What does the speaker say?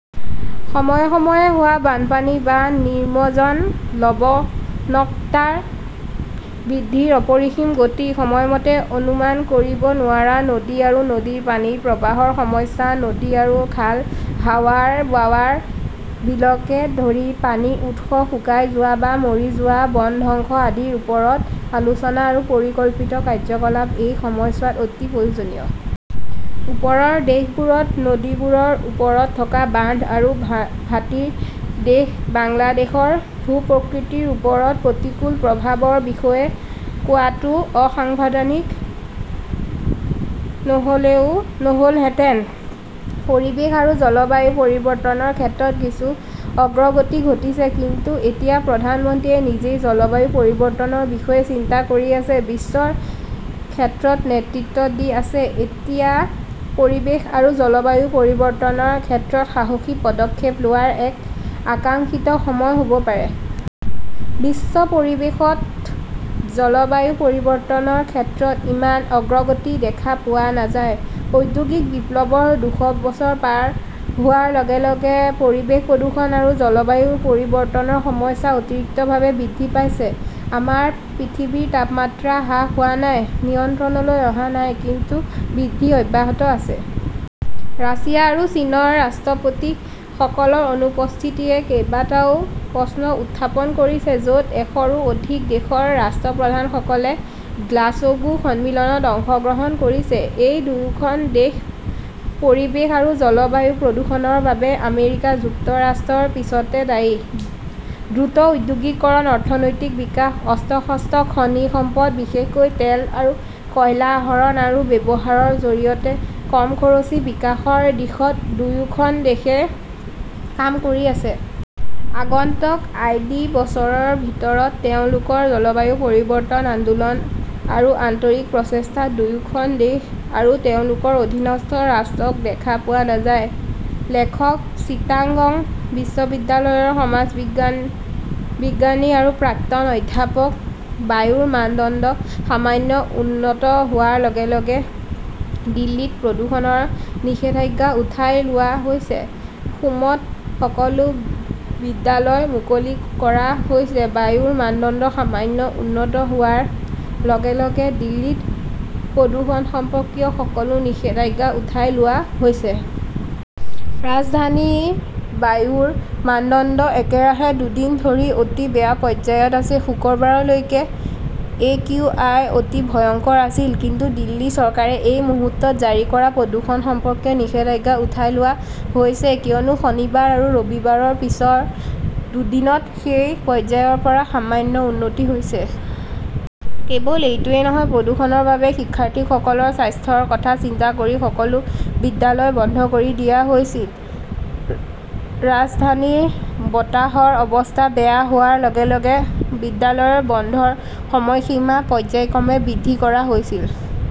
সময়ে সময়ে হোৱা বানপানী বা নিমজ্জন, লবণাক্ততা বৃদ্ধিৰ অপৰিসীম গতি, সময়মতে অনুমান কৰিব নোৱাৰা নদী আৰু নদীৰ পানীৰ প্ৰৱাহৰ সমস্যা, নদী আৰু খাল, হাৱাৰ-বাৱাৰ, বিলকে ধৰি পানীৰ উৎস শুকাই যোৱা বা মৰি যোৱা, বন ধ্বংস আদিৰ ওপৰত আলোচনা আৰু পৰিকল্পিত কাৰ্যকলাপ এই সময়ছোৱাত অতি প্ৰয়োজনীয়। ওপৰৰ দেশবোৰত নদীবোৰৰ ওপৰত থকা বান্ধ আৰু ভাটিৰ দেশ বাংলাদেশৰ ভূ-প্ৰকৃতিৰ ওপৰত প্ৰতিকূল প্ৰভাৱৰ বিষয়ে কোৱাটো অসাংবিধানিক নহ'লহেঁতেন। পৰিৱেশ আৰু জলবায়ু পৰিৱৰ্তন ক্ষেত্ৰত কিছু অগ্ৰগতি ঘটিছে কিন্তু যেতিয়া প্ৰধানমন্ত্ৰীয়ে নিজেই জলবায়ু পৰিৱৰ্তনৰ বিষয়ে চিন্তা কৰি আছে, বিশ্বৰ ক্ষেত্ৰত নেতৃত্ব দি আছে তেতিয়া পৰিৱেশ আৰু জলবায়ু পৰিৱৰ্তনৰ ক্ষেত্ৰত সাহসী পদক্ষেপ লোৱাৰ এক আকাংক্ষিত সময় হ'ব পাৰে। বিশ্ব পৰিৱেশত জলবায়ু পৰিৱৰ্তনৰ ক্ষেত্ৰত ইমান অগ্ৰগতি দেখা পোৱা নাযায়। ঔদ্যোগিক বিপ্লৱৰ দুশ বছৰ পাৰ হোৱাৰ লগে লগে পৰিৱেশ প্ৰদূষণ আৰু জলবায়ু পৰিৱৰ্তনৰ সমস্যা অতিৰিক্তভাৱে বৃদ্ধি পাইছে। আমাৰ পৃথিৱীৰ তাপমাত্ৰা হ্ৰাস হোৱা নাই, নিয়ন্ত্ৰণলৈ অহা নাই, কিন্তু বৃদ্ধি অব্যাহত আছে। ৰাছিয়া আৰু চীনৰ ৰাষ্ট্ৰপতিসকলৰ অনুপস্থিতিয়ে কেইবাটাও প্ৰশ্ন উত্থাপন কৰিছে, য'ত এশৰো অধিক দেশৰ ৰাষ্ট্ৰপ্ৰধানসকলে গ্লাছগো সন্মিলনত অংশগ্ৰহণ কৰিছে। এই দুয়োখন দেশ পৰিৱেশ আৰু জলবায়ু প্ৰদূষণৰ বাবে আমেৰিকা যুক্তৰাষ্ট্ৰৰ পিছতে দায়ী। দ্ৰুত ঔদ্যোগিকৰণ, অৰ্থনৈতিক বিকাশ, অস্ত্ৰ-শস্ত্ৰ, খনি সম্পদ, বিশেষকৈ তেল আৰু কয়লা আহৰণ আৰু ব্যৱহাৰৰ জৰিয়তে কম খৰচী বিকাশৰ দিশত দুয়োখন দেশে কাম কৰি আছে। আগন্তুক আই. ডি. বছৰৰ ভিতৰত তেওঁলোকৰ জলবায়ু পৰিৱৰ্তন আন্দোলন আৰু আন্তৰিক প্ৰচেষ্টাত দুয়োখন দেশ আৰু তেওঁলোকৰ অধীনস্থ ৰাষ্ট্ৰক দেখা পোৱা নাযায়। লেখকঃ চিটাগং বিশ্ববিদ্যালয়ৰ সমাজবিজ্ঞানী আৰু প্ৰাক্তন অধ্যাপক। বায়ুৰ মানদণ্ড সামান্য উন্নত হোৱাৰ লগে লগে দিল্লীত প্ৰদূষণৰ নিষেধাজ্ঞা উঠাই লোৱা হৈছে, সোমত সকলো বিদ্যালয় মুকলি কৰা হৈছে বায়ুৰ মানদণ্ড সামান্য উন্নত হোৱাৰ লগে লগে দিল্লীত প্ৰদূষণ সম্পৰ্কীয় সকলো নিষেধাজ্ঞা উঠাই লোৱা হৈছে। ৰাজধানীৰ বায়ুৰ মানদণ্ড একেৰাহে দুদিন ধৰি অতি বেয়া পৰ্যায়ত আছে। শুক্ৰবাৰলৈকে একিউআই অতি ভয়ংকৰ আছিল। কিন্তু দিল্লী চৰকাৰে এই মুহূৰ্তত জাৰি কৰা প্ৰদূষণ সম্পৰ্কীয় নিষেধাজ্ঞা উঠাই লোৱা হৈছে কিয়নো শনিবাৰ আৰু ৰবিৰ পিছৰ দুদিনত সেই পৰ্যায়ৰ পৰা সামান্য উন্নতি হৈছে। কেৱল এইটোৱেই নহয়, প্ৰদূষণৰ বাবে শিক্ষাৰ্থীসকলৰ স্বাস্থ্যৰ কথা চিন্তা কৰি সকলো বিদ্যালয় বন্ধ কৰি দিয়া হৈছিল। ৰাজধানীৰ বতাহৰ অৱস্থা বেয়া হোৱাৰ লগে লগে বিদ্যালয় বন্ধৰ সময়সীমা পৰ্য্যায়ক্ৰমে বৃদ্ধি কৰা হৈছিল।